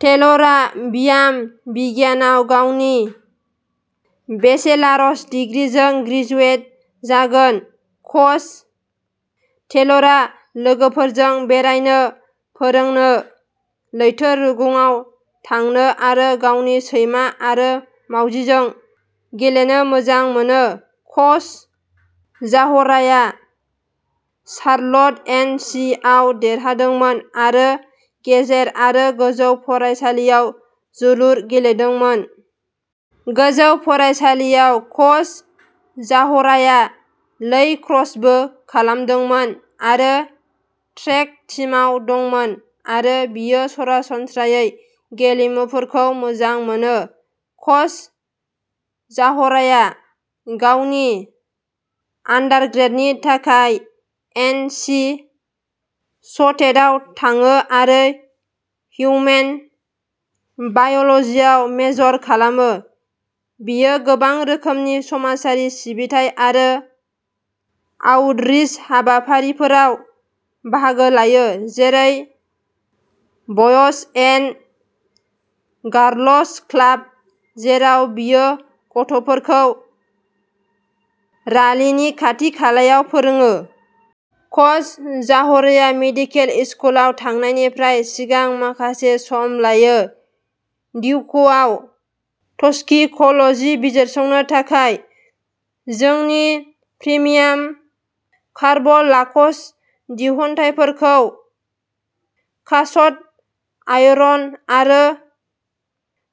टेलरा बियाम बिगियानाव गावनि बेचेलारस दिग्रिजों ग्रेजुवेट जागोन। कच टेलरा लोगोफोरजों बेरायनो, फोरोंनो, लैथो रुगुंआव थांनो आरो गावनि सैमा आरो मावजिजों गेलेनो मोजां मोनो। कच जाहराया शार्लट, एन. सि. आव देरहादोंमोन आरो गेजेर आरो गोजौ फरायसालियाव जोलुर गेलेदोंमोन। गोजौ फरायसालिआव कच जाहराया लैक्रसबो खालामदोंमोन आरो ट्रेक टीमआव दंमोन आरो बियो सरासनस्रायै गेलेमुफोरखौ मोजां मोनो। कच जाहराया गावनि आन्डारग्रेडनि थाखाय एन. सि. सटेटआव थाङो आरो हिउमेन बाय'लजीआव मेजर खालामो। बियो गोबां रोखोमनि समाजारि सिबिथाइ आरो आउटरीच हाबाफारिफोराव बाहागो लायो, जेरै बयज एन्ड गार्लस क्लाब, जेराव बियो गथ'फोरखौ रालेनि खाथि-खालायाव फोरोङो। कच जाहराया मेडिकेल इस्कुलाव थांनायनिफ्राय सिगां माखासे सम लायो, डिउक'आव टक्सिक'लजी बिजिरसंनो थाखाय। जोंनि प्रिमियाम कार्ब'लाकस दिहुनथायफोरखौ कासट आयरन आरो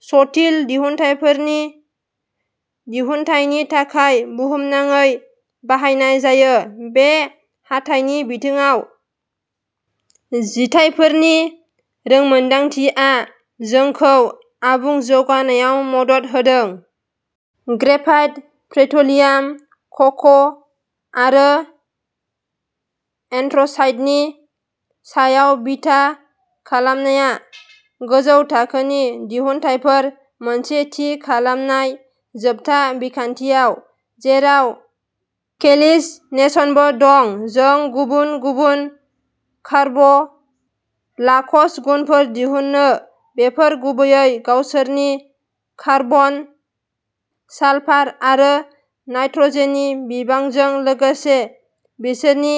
सटील दिहुनथायफोरनि दिहुनथायनि थाखाय बुहुमनाङै बाहायनाय जायो। बे हाथाइनि बिथिङाव जिथायफोरनि रोंमोनदांथिया जोंखौ आबुं जौगानायाव मदद होदों। ग्रेफाइट, पेट्र'लियाम क'क आरो एन्थ्रसाइटनि सायाव बिथा खालामनाया गोजौ थाखोनि दिहुनथायफोर। मोनसे थि खालामनाय जोबथा बिखान्थियाव, जेराव केलिसनेशनबो दं, जों गुबुन गुबुन कार्ब'लाकस गुनफोर दिहुनो। बेफोर गुबैयै गावसोरनि कार्बन, सालफार आरो नाइट्र'जेननि बिबांजों लोगोसे बिसोरनि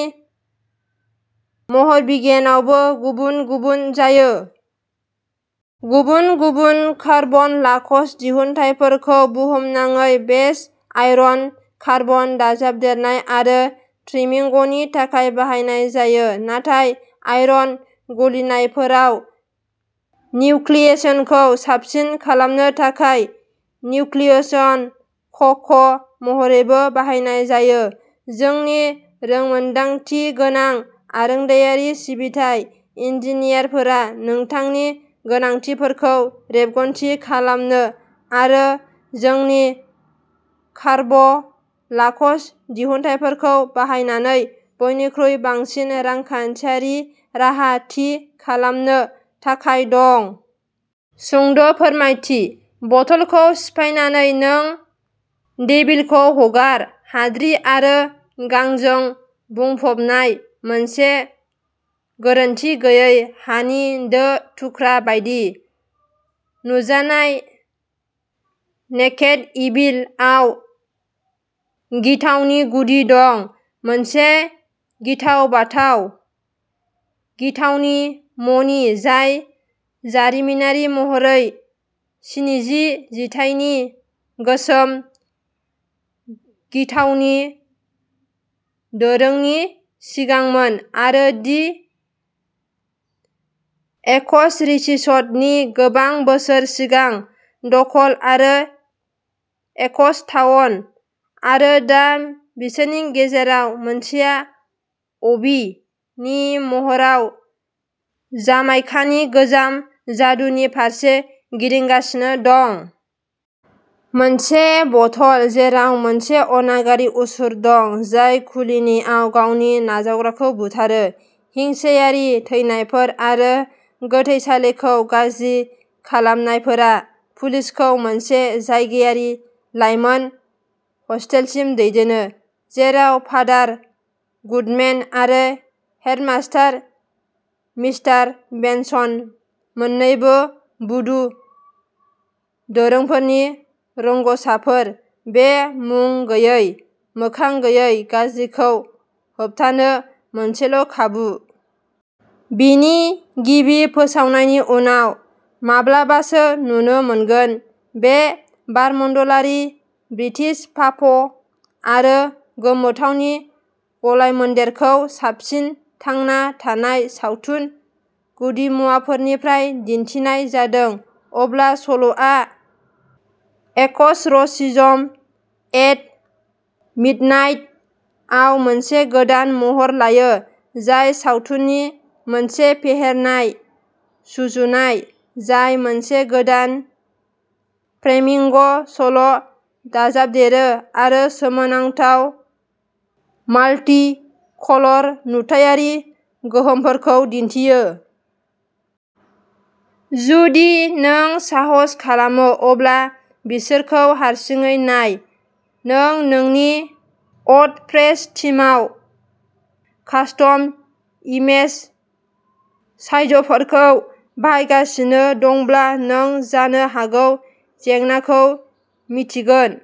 महरबिगियानावबो गुबुन-गुबुन जायो। गुबुन-गुबुन कार्बनलाकस दिहुनथायफोरखौ बुहुमनाङै बेस आयरन कार्बन दाजाबदेरनाय आरो ट्रिमिंगनि थाखाय बाहायनाय जायो, नाथाय आयरन गलिनायफोराव निउक्लियेशनखौ साबसिन खालामनो थाखाय निउक्लियेशन क'क महरैबो बाहायनाय जायो। जोंनि रोंमोन्दांथिगोनां आरोंदायारि सिबिथाइ इन्जिनियारफोरा नोंथांनि गोनांथिफोरखौ रेबगन्थि खालामनो आरो जोंनि कार्ब'लाकस दिहुनथायफोरखौ बाहायनानै बयनिख्रुइ बांसिन रांखान्थियारि राहा थि खालामनो थाखाय दं। सुंद'फोरमायथि, बथलखौ सिफायनानै नों डेभिलखौ हगार, हाद्रि आरो गांजों बुंफबनाय मोनसे गोरोनथि गैयै हानि दो-थुख्रा बायदि नुजानाय "नेकेड इभिल" आव गिथावनि गुदि दं, मोनसे गिथाव-बाथाव गिथावनि मणि जाय जारिमिनारि महरै स्निजि जिथाइनि गोसोम गिथावनि दोरोंनि सिगांमोन आरो "दि एकसरिसिसट" नि गोबां बोसोर सिगां दखल आरो एकस टाउन, आरो दा बिसोरनि गेजेराव मोनसेआ "अबी" नि महराव जामाइकानि गोसोम जादुनि फारसे गिदिंगासिनो दं। मोनसे बथल जेराव मोनसे अनागारि असुर दं, जाय खुलिनियाव गावनि नाजावग्राखौ बुथारो। हिंसायारि थैनायफोर आरो गोथैसालिखौ गाज्रि खालामनायफोरा पुलिसखौ मोनसे जायगायारि लाइमोन हस्टेलसिम दैदेनो, जेराव फादार गुडमेन आरो हेडमास्टार मिस्टार बेनसन मोननैबो भुडु दोरोंफोरनि रोंग'साफोर, बे मुं गैयै, मोखां गैयै गाज्रिखौ होबथानो मोनसेल'खाबु! बेनि गिबि फोसावनायनि उनाव माब्लाबासो नुनो मोनगोन, बे बारमण्डलारि ब्रिटिश पाप' आरो गोमोथावनि गलायमोन्देरखौ साबसिन थांना थानाय सावथुन गुदिमुवाफोरनिफ्राय दिन्थिनाय जादों। अब्ला सल'आ "एकसर'सिजम एट मिडनाइट" आव मोनसे गोदान महर लायो, जाय सावथुननि मोनसे फेहेरनाय सुजुनाय जाय मोनसे गोदान फ्लेमिंग सल'दाजाबदेरो आरो सोमोनांथाव "माल्टि-कलर" नुथायारि गोहोमफोरखौ दिन्थियो। जुदि नों साहस खालामो अब्ला बिसोरखौ हारसिङै नाय, नों नोंनि वर्डप्रेस थीमआव कास्टम इमेज साइजफोरखौ बाहायगासिनो दंब्ला नों जानो हागौ जेंनाखौ मिन्थिगोन।